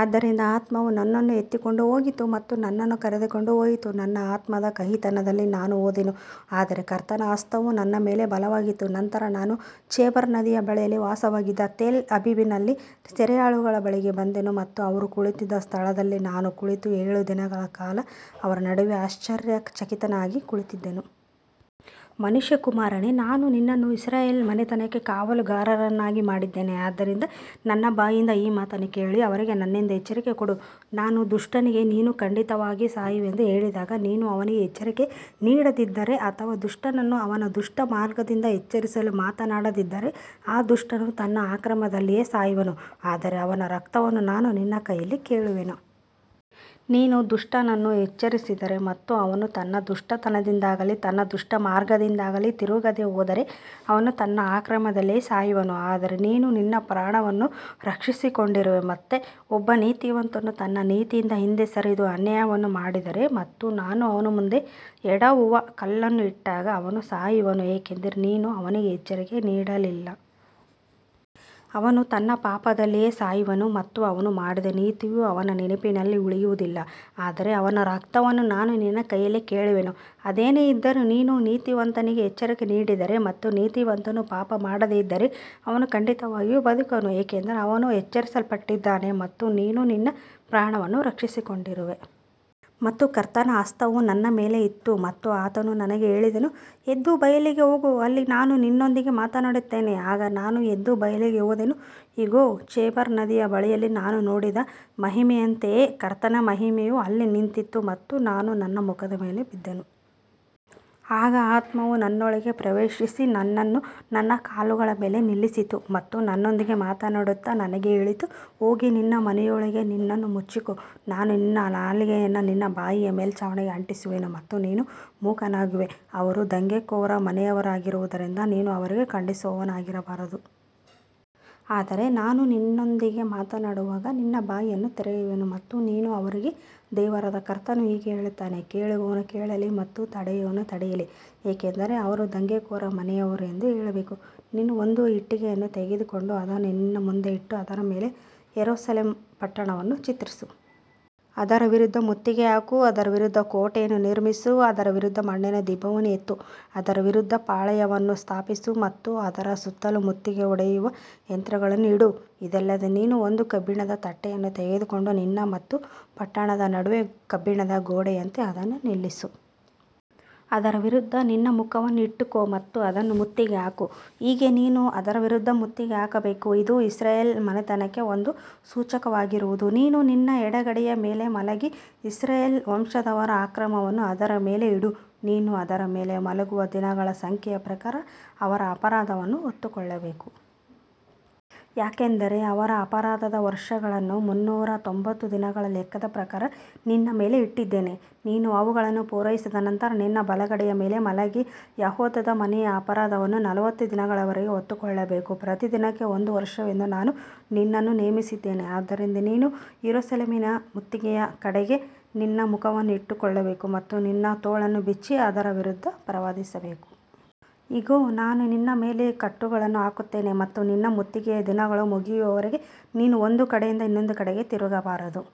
ಆದ್ದರಿಂದ ಆತ್ಮವು ನನ್ನನ್ನು ಎತ್ತಿಕೊಂಡು ಹೋಗಿತು ಮತ್ತು ನನ್ನನ್ನು ಕರೆದುಕೊಂಡು ಹೋಯಿತು. ನನ್ನ ಆತ್ಮದ ಕಹಿತನದಲ್ಲಿ ನಾನು ಹೋದೆನು, ಆದರೆ ಕರ್ತನ ಹಸ್ತವು ನನ್ನ ಮೇಲೆ ಬಲವಾಗಿತ್ತು. ನಂತರ ನಾನು ಚೆಬಾರ್ ನದಿಯ ಬಳಿಯಲ್ಲಿ ವಾಸವಾಗಿದ್ದ ತೆಲ್ ಅಬೀಬಿನಲ್ಲಿ ಸೆರೆಯಾಳುಗಳ ಬಳಿಗೆ ಬಂದೆನು ಮತ್ತು ಅವರು ಕುಳಿತಿದ್ದ ಸ್ಥಳದಲ್ಲಿ ನಾನು ಕುಳಿತು ಏಳು ದಿನಗಳ ಕಾಲ ಅವರ ನಡುವೆ ಆಶ್ಚರ್ಯಚಕಿತನಾಗಿ ಕುಳಿತಿದ್ದೆನು. ಮನುಷ್ಯಕುಮಾರನೇ, ನಾನು ನಿನ್ನನ್ನು ಇಸ್ರಾಯೇಲ್ ಮನೆತನಕ್ಕೆ ಕಾವಲುಗಾರನನ್ನಾಗಿ ಮಾಡಿದ್ದೇನೆ. ಆದ್ದರಿಂದ ನನ್ನ ಬಾಯಿಂದ ಈ ಮಾತನ್ನು ಕೇಳಿ ಅವರಿಗೆ ನನ್ನಿಂದ ಎಚ್ಚರಿಕೆ ಕೊಡು. ನಾನು ದುಷ್ಟನಿಗೆ, ನೀನು ಖಂಡಿತವಾಗಿ ಸಾಯುವೆ ಎಂದು ಹೇಳಿದಾಗ ನೀನು ಅವನಿಗೆ ಎಚ್ಚರಿಕೆ ನೀಡದಿದ್ದರೆ ಅಥವಾ ದುಷ್ಟನನ್ನು ಅವನ ದುಷ್ಟ ಮಾರ್ಗದಿಂದ ಎಚ್ಚರಿಸಲು ಮಾತನಾಡದಿದ್ದರೆ, ಆ ದುಷ್ಟನು ತನ್ನ ಅಕ್ರಮದಲ್ಲಿಯೇ ಸಾಯುವನು, ಆದರೆ ಅವನ ರಕ್ತವನ್ನು ನಾನು ನಿನ್ನ ಕೈಯಲ್ಲಿ ಕೇಳುವೆನು. ನೀನು ದುಷ್ಟನನ್ನು ಎಚ್ಚರಿಸಿದರೆ ಮತ್ತು ಅವನು ತನ್ನ ದುಷ್ಟತನದಿಂದಾಗಲಿ ತನ್ನ ದುಷ್ಟ ಮಾರ್ಗದಿಂದಾಗಲಿ ತಿರುಗದೆ ಹೋದರೆ, ಅವನು ತನ್ನ ಅಕ್ರಮದಲ್ಲಿಯೇ ಸಾಯುವನು, ಆದರೆ ನೀನು ನಿನ್ನ ಪ್ರಾಣವನ್ನು ರಕ್ಷಿಸಿಕೊಂಡಿರುವೆ. ಮತ್ತೆ ಒಬ್ಬ ನೀತಿವಂತನು ತನ್ನ ನೀತಿಯಿಂದ ಹಿಂದೆ ಸರಿದು ಅನ್ಯಾಯವನ್ನು ಮಾಡಿದರೆ ಮತ್ತು ನಾನು ಅವನ ಮುಂದೆ ಎಡವುವ ಕಲ್ಲನ್ನು ಇಟ್ಟಾಗ ಅವನು ಸಾಯುವನು, ಏಕೆಂದರೆ ನೀನು ಅವನಿಗೆ ಎಚ್ಚರಿಕೆ ನೀಡಲಿಲ್ಲ. ಅವನು ತನ್ನ ಪಾಪದಲ್ಲಿಯೇ ಸಾಯುವನು ಮತ್ತು ಅವನು ಮಾಡಿದ ನೀತಿಯು ಅವನ ನೆನಪಿನಲ್ಲಿ ಉಳಿಯುವುದಿಲ್ಲ, ಆದರೆ ಅವನ ರಕ್ತವನ್ನು ನಾನು ನಿನ್ನ ಕೈಯಲ್ಲಿ ಕೇಳುವೆನು. ಅದೇನೇ ಇದ್ದರೂ, ನೀನು ನೀತಿವಂತನಿಗೆ ಎಚ್ಚರಿಕೆ ನೀಡಿದರೆ ಮತ್ತು ನೀತಿವಂತನು ಪಾಪ ಮಾಡದೆ ಇದ್ದರೆ, ಅವನು ಖಂಡಿತವಾಗಿಯೂ ಬದುಕುವನು, ಏಕೆಂದರೆ ಅವನು ಎಚ್ಚರಿಸಲ್ಪಟ್ಟಿದ್ದಾನೆ ಮತ್ತು ನೀನು ನಿನ್ನ ಪ್ರಾಣವನ್ನು ರಕ್ಷಿಸಿಕೊಂಡಿರುವೆ. ಮತ್ತು ಕರ್ತನ ಹಸ್ತವು ನನ್ನ ಮೇಲೆ ಇತ್ತು ಮತ್ತು ಆತನು ನನಗೆ ಹೇಳಿದನು, ಎದ್ದು ಬಯಲಿಗೆ ಹೋಗು, ಅಲ್ಲಿ ನಾನು ನಿನ್ನೊಂದಿಗೆ ಮಾತನಾಡುತ್ತೇನೆ. ಆಗ ನಾನು ಎದ್ದು ಬಯಲಿಗೆ ಹೋದೆನು. ಇಗೋ, ಚೆಬಾರ್ ನದಿಯ ಬಳಿಯಲ್ಲಿ ನಾನು ನೋಡಿದ ಮಹಿಮೆಯಂತೆಯೇ ಕರ್ತನ ಮಹಿಮೆಯು ಅಲ್ಲಿ ನಿಂತಿತ್ತು ಮತ್ತು ನಾನು ನನ್ನ ಮುಖದ ಮೇಲೆ ಬಿದ್ದೆನು. ಆಗ ಆತ್ಮವು ನನ್ನೊಳಗೆ ಪ್ರವೇಶಿಸಿ ನನ್ನನ್ನು ನನ್ನ ಕಾಲುಗಳ ಮೇಲೆ ನಿಲ್ಲಿಸಿತು ಮತ್ತು ನನ್ನೊಂದಿಗೆ ಮಾತನಾಡುತ್ತಾ ನನಗೆ ಹೇಳಿತು, ಹೋಗಿ ನಿನ್ನ ಮನೆಯೊಳಗೆ ನಿನ್ನನ್ನು ಮುಚ್ಚಿಕೋ. ನಾನು ನಿನ್ನ ನಾಲಿಗೆಯನ್ನು ನಿನ್ನ ಬಾಯಿಯ ಮೇಲ್ಛಾವಣಿಗೆ ಅಂಟಿಸುವೆನು ಮತ್ತು ನೀನು ಮೂಕನಾಗುವೆ, ಅವರು ದಂಗೆಕೋರ ಮನೆಯವರಾಗಿರುವುದರಿಂದ ನೀನು ಅವರಿಗೆ ಖಂಡಿಸುವವನಾಗಿರಬಾರದು. ಆದರೆ ನಾನು ನಿನ್ನೊಂದಿಗೆ ಮಾತನಾಡುವಾಗ ನಿನ್ನ ಬಾಯನ್ನು ತೆರೆಯುವೆನು ಮತ್ತು ನೀನು ಅವರಿಗೆ, ದೇವರಾದ ಕರ್ತನು ಹೀಗೆ ಹೇಳುತ್ತಾನೆ, ಕೇಳುವವನು ಕೇಳಲಿ ಮತ್ತು ತಡೆಯುವವನು ತಡೆಯಲಿ, ಏಕೆಂದರೆ ಅವರು ದಂಗೆಕೋರ ಮನೆಯವರು ಎಂದು ಹೇಳಬೇಕು. ನೀನು ಒಂದು ಇಟ್ಟಿಗೆಯನ್ನು ತೆಗೆದುಕೊಂಡು ಅದನ್ನು ನಿನ್ನ ಮುಂದೆ ಇಟ್ಟು ಅದರ ಮೇಲೆ ಯೆರೂಸಲೇಮ್ ಪಟ್ಟಣವನ್ನು ಚಿತ್ರಿಸು. ಅದರ ವಿರುದ್ಧ ಮುತ್ತಿಗೆ ಹಾಕು, ಅದರ ವಿರುದ್ಧ ಕೋಟೆಯನ್ನು ನಿರ್ಮಿಸು, ಅದರ ವಿರುದ್ಧ ಮಣ್ಣಿನ ದಿಬ್ಬವನ್ನು ಎತ್ತು, ಅದರ ವಿರುದ್ಧ ಪಾಳೆಯವನ್ನು ಸ್ಥಾಪಿಸು ಮತ್ತು ಅದರ ಸುತ್ತಲೂ ಮುತ್ತಿಗೆ ಹೊಡೆಯುವ ಯಂತ್ರಗಳನ್ನು ಇಡು. ಇದಲ್ಲದೆ ನೀನು ಒಂದು ಕಬ್ಬಿಣದ ತಟ್ಟೆಯನ್ನು ತೆಗೆದುಕೊಂಡು ನಿನ್ನ ಮತ್ತು ಪಟ್ಟಣದ ನಡುವೆ ಕಬ್ಬಿಣದ ಗೋಡೆಯಂತೆ ಅದನ್ನು ನಿಲ್ಲಿಸು. ಅದರ ವಿರುದ್ಧ ನಿನ್ನ ಮುಖವನ್ನು ಇಟ್ಟುಕೋ ಮತ್ತು ಅದನ್ನು ಮುತ್ತಿಗೆ ಹಾಕು, ಹೀಗೆ ನೀನು ಅದರ ವಿರುದ್ಧ ಮುತ್ತಿಗೆ ಹಾಕಬೇಕು. ಇದು ಇಸ್ರಾಯೇಲ್ ಮನೆತನಕ್ಕೆ ಒಂದು ಸೂಚಕವಾಗಿರುವುದು. ನೀನು ನಿನ್ನ ಎಡಗಡೆಯ ಮೇಲೆ ಮಲಗಿ ಇಸ್ರಾಯೇಲ್ ವಂಶದವರ ಅಕ್ರಮವನ್ನು ಅದರ ಮೇಲೆ ಇಡು. ನೀನು ಅದರ ಮೇಲೆ ಮಲಗುವ ದಿನಗಳ ಸಂಖ್ಯೆಯ ಪ್ರಕಾರ ಅವರ ಅಪರಾಧವನ್ನು ಹೊತ್ತುಕೊಳ್ಳಬೇಕು. ಯಾಕಂದರೆ ಅವರ ಅಪರಾಧದ ವರ್ಷಗಳನ್ನು ಮುನ್ನೂರ ತೊಂಬತ್ತು ದಿನಗಳ ಲೆಕ್ಕದ ಪ್ರಕಾರ ನಿನ್ನ ಮೇಲೆ ಇಟ್ಟಿದ್ದೇನೆ. ನೀನು ಅವುಗಳನ್ನು ಪೂರೈಸಿದ ನಂತರ ನಿನ್ನ ಬಲಗಡೆಯ ಮೇಲೆ ಮಲಗಿ ಯೆಹೂದದ ಮನೆಯ ಅಪರಾಧವನ್ನು ನಲವತ್ತು ದಿನಗಳವರೆಗೆ ಹೊತ್ತುಕೊಳ್ಳಬೇಕು. ಪ್ರತಿದಿನಕ್ಕೆ ಒಂದು ವರ್ಷವೆಂದು ನಾನು ನಿನ್ನನ್ನು ನೇಮಿಸಿದ್ದೇನೆ. ಆದ್ದರಿಂದ ನೀನು ಯೆರೂಸಲೇಮಿನ ಮುತ್ತಿಗೆಯ ಕಡೆಗೆ ನಿನ್ನ ಮುಖವನ್ನು ಇಟ್ಟುಕೊಳ್ಳಬೇಕು ಮತ್ತು ನಿನ್ನ ತೋಳನ್ನು ಬಿಚ್ಚಿ ಅದರ ವಿರುದ್ಧ ಪ್ರವಾದಿಸಬೇಕು. ಇಗೋ, ನಾನು ನಿನ್ನ ಮೇಲೆ ಕಟ್ಟುಗಳನ್ನು ಹಾಕುತ್ತೇನೆ ಮತ್ತು ನಿನ್ನ ಮುತ್ತಿಗೆಯ ದಿನಗಳು ಮುಗಿಯುವವರೆಗೆ ನೀನು ಒಂದು ಕಡೆಯಿಂದ ಇನ್ನೊಂದು ಕಡೆಗೆ ತಿರುಗಬಾರದು.